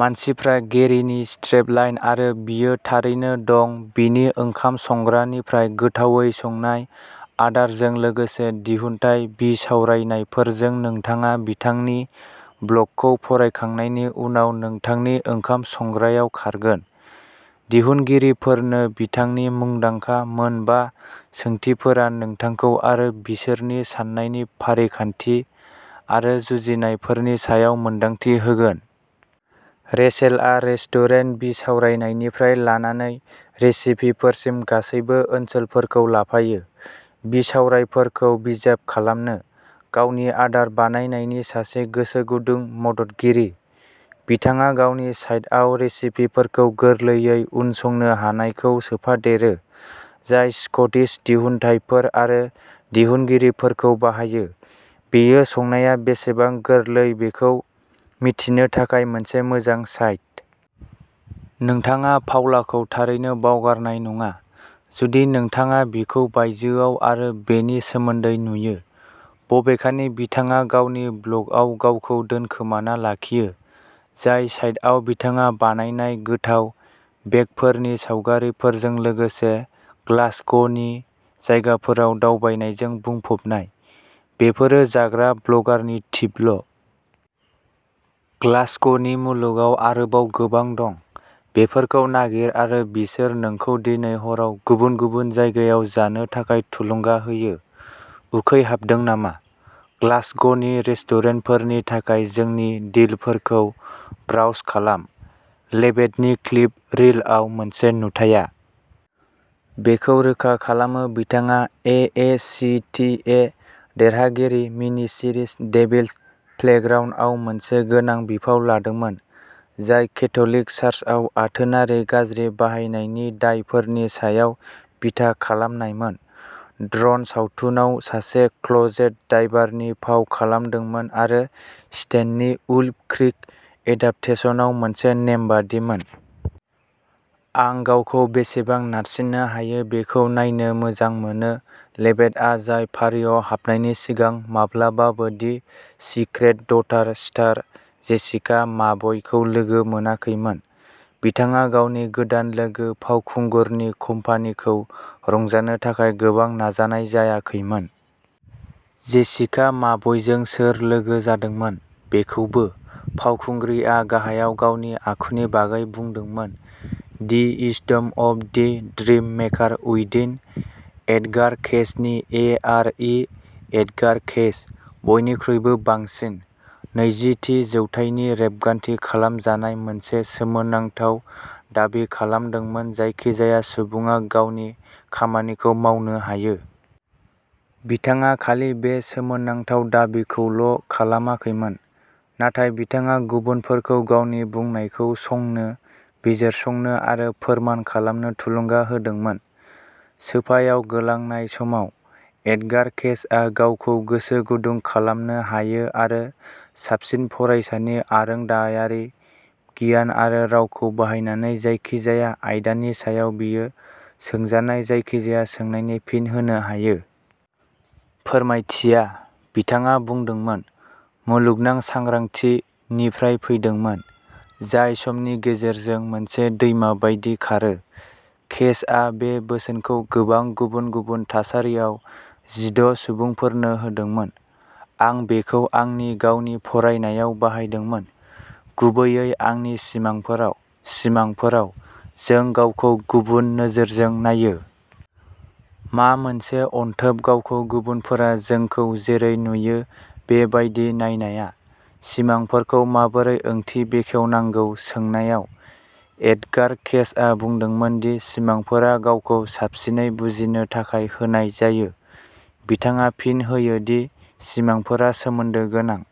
मानसिफ्रा गेरिनि स्ट्रेपलाइन आरो बियो थारैनो दं बिनि ओंखाम संग्रानिफ्राय गोथावै संनाय आदारजों लोगोसे दिहुनथाय बिसावरायनायफोरजों नोंथाङा बिथांनि ब्लगखौ फरायखांनायनि उनाव नोंथांनि ओंखाम संग्रायाव खारगोन। दिहुनगिरिफोरनो बिथांनि मुंदांखा मोन बा सोंथिफोरा नोंथांखौ आरो बिसोरनि साननायनि फारिखान्थि आरो जुजिनायफोरनि सायाव मोनदांथि होगोन। रेचेलआ रेस्टुरेन्ट बिसावरायनायनिफ्राय लानानै रेसिपिफोरसिम गासैबो ओनसोलफोरखौ लाफायो, बिसावरायफोरखौ बिजाब खालामनो। गावनि आदार बानायनायनि सासे गोसोगुदुं मददगिरि, बिथाङा गावनि साइटआव रेसिपिफोरखौ गोरलैयै उनसंनो हानायखौ सोफादेरो, जाय स्कटिस दिहुनथायफोर आरो दिहुनगिरिफोरखौ बाहायो। बेयो संनाया बेसेबां गोरलै बेखौ मिथिनो थाखाय मोनसे मोजां साइट। नोंथाङा पाउलाखौ थारैनो बावगारनाय नङा, जुदि नोंथाङा बिखौ बायजोआव आरो बेनि सोमोन्दै नुयो, बबेखानि बिथाङा गावनि ब्लगआव गावखौ दोनखोमाना लाखियो, जाय साइटआव बिथाङा बानायनाय गोथाव बेकफोरनि सावगारिफोरजों लोगोसे ग्लासग'नि जायगाफोराव दावबायनायजों बुंफबनाय। बेफोरो जाग्रा ब्लगारनि टिपल'। ग्लासग'नि मुलुगाव आरोबाव गोबां दं। बेफोरखौ नागिर आरो बिसोर नोंखौ दिनै हराव गुबुन गुबुन जायगायाव जानो थाखाय थुलुंगा होयो। उखैहाबदों नामा? ग्लासग'नि रेस्टुरेन्टफोरनि थाखाय जोंनि डिलफोरखौ ब्राउज खालाम। लेभेटनि क्लिप रिलआव मोनसे नुथाया बेखौ रोखा खालामो बिथाङा ए ए सि टि ए देरहागिरि मिनिसिरिज डेविल्स प्लेग्राउन्दआव मोनसे गोनां बिफाव लादोंमोन, जाय केथ'लिक चार्चआव आथोनारि गाज्रि बाहायनायनि दायफोरनि सायाव बिथा खालामनायमोन, ड्र'न सावथुनाव सासे क्लोजेट डाइभारनि फाव खालामदोंमोन आरो स्टेननि वुल्फ क्रीक एडाप्टेसनआव मोनसे नेमबादिमोन। आं गावखौ बेसेबां नारसिननो हायो बेखौ नायनो मोजां मोनो लेभेटआ जाय फारिआव हाबनायनि सिगां माब्लाबाबो the secret daughter star Jessica माबयखौ लोगो मोनाखैमोन। बिथाङा गावनि गोदान लोगो फावखुंगुरनि कम्पानीखौ रंजानो थाखाय गोबां नाजानाय जायाखैमोन। जेसिका माबयजों सोर लोगो जादोंमोन, बेखौबो। फावखुंग्रिआ गाहायाव गावनि आखुनि बागै बुंदोंमोन। The wisdom of the dream maker उइदिन। एडगार केइसनि A R E Edgar Cayce, बयनिख्रुइबो बांसिन। नैजि थि जौथाइनि रेबगान्थि खालामजानाय मोनसे सोमोनांथाव दाबि खालामदोंमोन जायखिजाया सुबुङा गावनि खामानिखौ मावनो हायो। बिथाङा खालि बे सोमोनांथाव दाबिखौल' खालामाखैमोन, नाथाय बिथाङा गुबुनफोरखौ गावनि बुंनायखौ संनो, बिजिरसंनो आरो फोरमान खालामनो थुलुंगा होदोंमोन। सोफायाव गोलांनाय समाव, एडगार केइसआ गावखौ गोसो गुदुं खालामनो हायो आरो साबसिन फरायसानि आरोंदायारि गियान आरो रावखौ बाहायनानै जायखिजाया आयदानि सायाव बियो सोंजानाय जायखिजाया सोंनायनि फिन होनो हायो। फोरमायथिया, बिथाङा बुंदोंमोन, मुलुगनां सांग्रांथि निफ्राय फैदोंमोन, जाय समनि गेजेरजों मोनसे दैमा बायदि खारो। केइसआ बे बोसोनखौ गोबां गुबुन-गुबुन थासारियाव जिद’ सुबुंफोरनो होदोंमोन। आं बेखौ आंनि गावनि फरायनायाव बाहायदोंमोन, गुबैयै आंनि सिमांफोराव। सिमांफोराव, जों गावखौ गुबुन नोजोरजों नायो। मा मोनसे अनथोब गावखौ गुबुनफोरा जोंखौ जेरै नुयो बे बायदि नायनाया। सिमांफोरखौ माबोरै ओंथि बेखेवनांगौ सोंनायाव, एडगार केइसआ बुंदोंमोन दि सिमांफोरा गावखौ साबसिनै बुजिनो थाखाय होनाय जायो। बिथाङा फिन होयो दि सिमांफोरा सोमोन्दो गोनां।